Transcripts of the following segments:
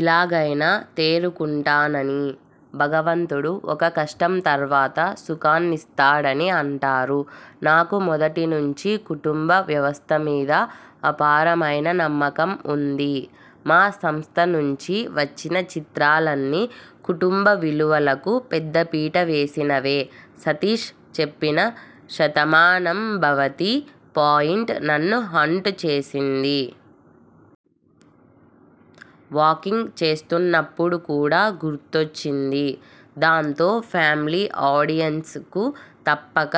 ఇలాగైనా తేరుకుంటానని.. భగవంతుడు ఒక కష్టం తర్వాత సుఖాన్నిస్తాడని అంటారు. నాకు మొదటి నుంచీ కుటుంబ వ్యవస్థమీద అపారమైన నమ్మకం ఉంది. మా సంస్థ నుంచి వచ్చిన చిత్రాలన్నీ కుటుంబ విలువలకు పెద్దపీట వేసినవే. సతీశ్ చెప్పిన 'శతమానం భవతి' పాయింట్ నన్ను హాంట్ చేసింది. వాకింగ్ చేస్తున్నప్పుడు కూడా గుర్తొచ్చింది. దాంతో ఫ్యామిలీ ఆడియన్స్ కు తప్పక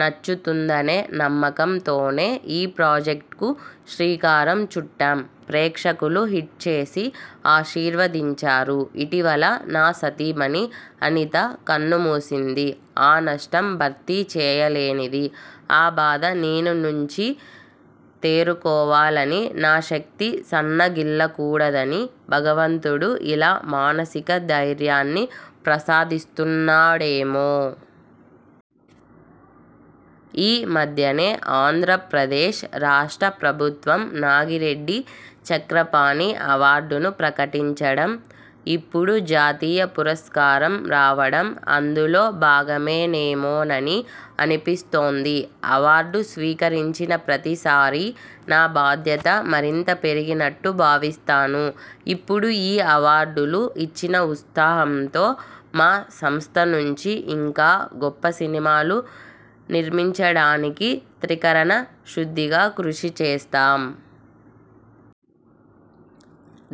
నచ్చుతుందనే నమ్మకం తోనే ఈ ప్రాజెక్ట్కు శ్రీకారం చుట్టాం. ప్రేక్షకులు హిట్ చేసి ఆశీర్వదించారు. ఇటీవల నా సతీమణి అనిత కన్నుమూసింది. ఆ నష్టం భర్తీ చేయలేనిది. ఆ బాధ నేను నుంచి తేరుకోవాలని, నా శక్తి సన్నగిల్లకూడదని భగవంతుడు ఇలా మానసిక ధైర్యాన్ని ప్రసాదిస్తున్నాడేమో.. ఈ మధ్యనే ఆంధ్రప్రదేశ్ రాష్ట్ర ప్రభుత్వం నాగిరెడ్డి చక్రపాణి అవార్డును ప్రకటించడం, ఇప్పుడు జాతీయ పురస్కారం రావడం అందులో భాగమేనేమోనని అనిపిస్తోంది. అవార్డు స్వీకరించిన ప్రతిసారీ నా బాధ్యత మరింత పెరిగినట్టు భావిస్తాను. ఇప్పుడు ఈ అవార్డులు ఇచ్చిన ఉత్సాహంతో మా సంస్థ నుంచి ఇంకా గొప్ప సినిమాలు నిర్మించడానికి త్రికరణ శుద్ధిగా కృషి చేస్తాం.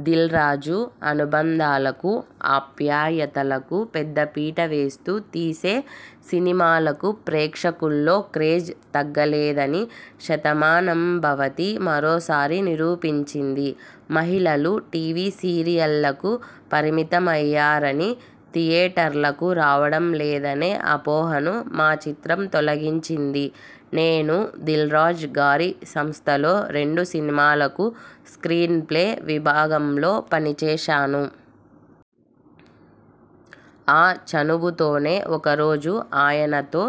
దిల్రాజు అనుబంధాలకు, ఆప్యాయతలకు పెద్దపీట వేస్తూ తీసే సినిమాలకు ప్రేక్షకుల్లో క్రేజ్ తగ్గలేదని 'శతమానం భవతి' మరోసారి నిరూపించింది. మహిళలు టీవీ సీరియళ్లకు పరిమితమయ్యారని, థియేటర్లకు రావడం లేదనే అపోహను మా చిత్రం తొలగించింది. నేను దిల్రాజు గారి సంస్థలో రెండు సినిమాలకు స్ర్కీన్ ప్లే విభాగంలో పనిచేశాను. ఆ చనువుతోనే ఒకరోజు ఆయనతో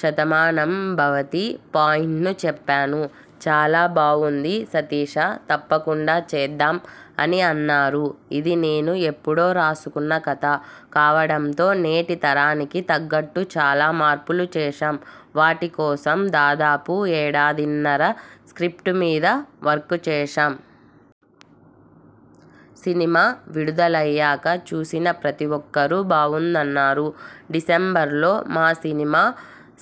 'శతమానం భవతి' పాయింట్ను చెప్పాను. 'చాలా బావుంది సతీశ తప్పకుండా చేద్దాం' అని అన్నారు. ఇది నేను ఎప్పుడో రాసుకున్న కథ కావడంతో నేటి తరానికి తగ్గట్టు చాలా మార్పులు చేశాం. వాటికోసం దాదాపు ఏడాదిన్నర స్ర్కిప్ట్ మీద వర్క్ చేశాం. సినిమా విడుదలయ్యాక చూసిన ప్రతి ఒక్కరూ బావుందన్నారు. డిసెంబర్లో మా సినిమా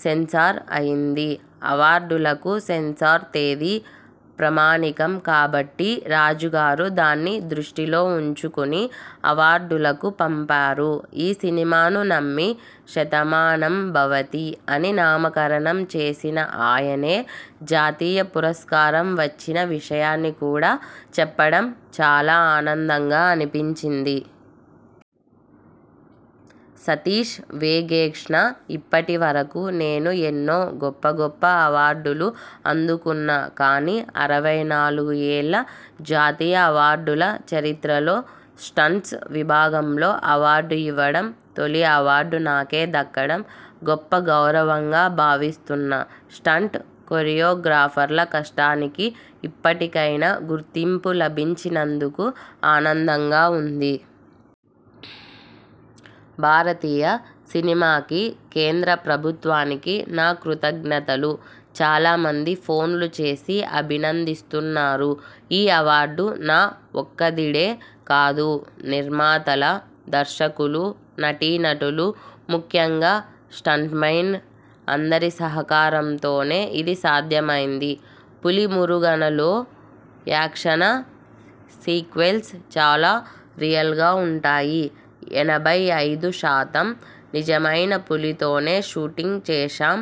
సెన్సార్ అయింది. అవార్డులకు సెన్సార్ తేదీ ప్రామాణికం కాబట్టి రాజుగారు దాన్ని దృష్టిలో ఉంచుకుని అవార్డులకు పంపారు. ఈ సినిమాను నమ్మి, 'శతమానం భవతి' అని నామకరణం చేసిన ఆయనే జాతీయ పురస్కారం వచ్చిన విషయాన్ని కూడా చెప్పడం చాలా ఆనందంగా అనిపించింది. సతీశ్ వేగేశ్న ఇప్పటి వరకు నేను ఎన్నో గొప్ప గొప్ప అవార్డులు అందుకున్నా. కానీ, అరవై నాలుగు ఏళ్ల జాతీయ అవార్డుల చరిత్రలో స్టంట్స్ విభాగంలో అవార్డు ఇవ్వడం, తొలి అవార్డు నాకే దక్కడం గొప్ప గౌరవంగా భావిస్తున్నా స్టంట్ కొరియోగ్రాఫర్ల కష్టానికి ఇప్పటికైనా గుర్తింపు లభించినందుకు ఆనందంగా ఉంది. భారతీయ సినిమాకి, కేంద్ర ప్రభుత్వానికి నా కృతజ్ఞతలు. చాలా మంది ఫోన్లు చేసి అభినందిస్తున్నారు. ఈ అవార్డు నా ఒక్కదిడే కాదు. నిర్మాతల, దర్శకులు, నటీనటులు, ముఖ్యంగా స్టంట్మెన అందరి సహకారంతోనే ఇది సాధ్యమైంది. 'పులిమురుగన'లో యాక్షన సీక్వెల్స్ చాలా రియల్గా ఉంటాయి. ఎనభై ఐదు శాతం నిజమైన పులితోనే షూటింగ్ చేశాం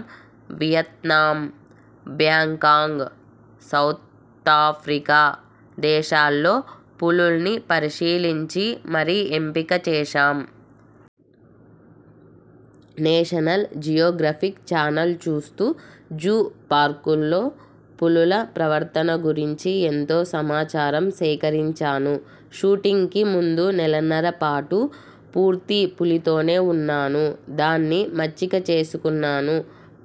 వియత్నాం, బ్యాంకాంగ్, సౌతాఫ్రికా దేశాల్లో పులుల్ని పరిశీలించి మరీ ఎంపిక చేశాం. నేషనల్ జియోగ్రఫిక్ ఛానల్ చూస్తూ, జూ పార్కుల్లో పులుల ప్రవర్తన గురించి ఎంతో సమాచారం సేకరించాను. షూటింగ్కి ముందు నెలన్నర పాటు పూర్తి పులితోనే ఉన్నాను. దాన్ని మచ్చిక చేసుకున్నాను.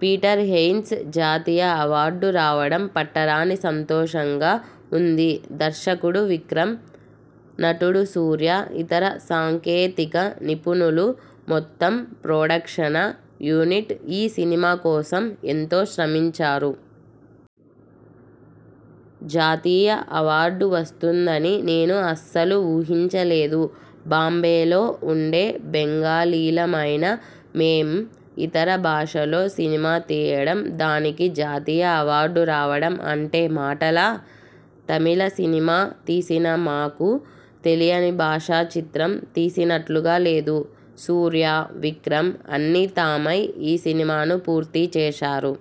పీటర్ హెయిన్స్ జాతీయ అవార్డు రావడం పట్టరాని సంతోషంగా వుంది. దర్శకుడు విక్రమ్, నటుడు సూర్య, ఇతర సాంకేతిక నిపుణులు, మొత్తం ప్రొడక్షన యూనిట్ ఈ సినిమా కోసం ఎంతో శ్రమించారు. జాతీయ అవార్డు వస్తుందని నేను అస్సలు ఊహించలేదు. బాంబేలో వుండే బెంగాలీలమైన మేం ఇతర భాషలో సినిమా తీయడం, దానికి జాతీయ అవార్డు రావడం అంటే మాటలా? తమిళ సినిమా తీసినా మాకు తెలియని భాషా చిత్రం తీసినట్లుగా లేదు. సూర్య, విక్రమ్ అన్నీ తామై ఈ సినిమాను పూర్తి చేశారు.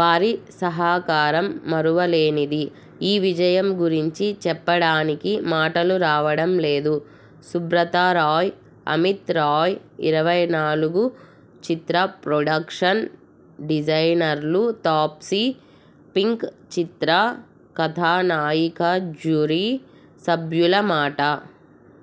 వారి సహకారం మరువలేనిది. ఈ విజయం గురించి చెప్పడానికి మాటలు రావడం లేదు. సుబ్రతారాయ్, అమిత్ రాయ్, 'ఇరవై నాలుగు' చిత్ర ప్రొడక్షన్ డిజైనర్లు తాప్సీ, 'పింక్' చిత్ర కథానాయికజ్యూరీ సభ్యుల మాట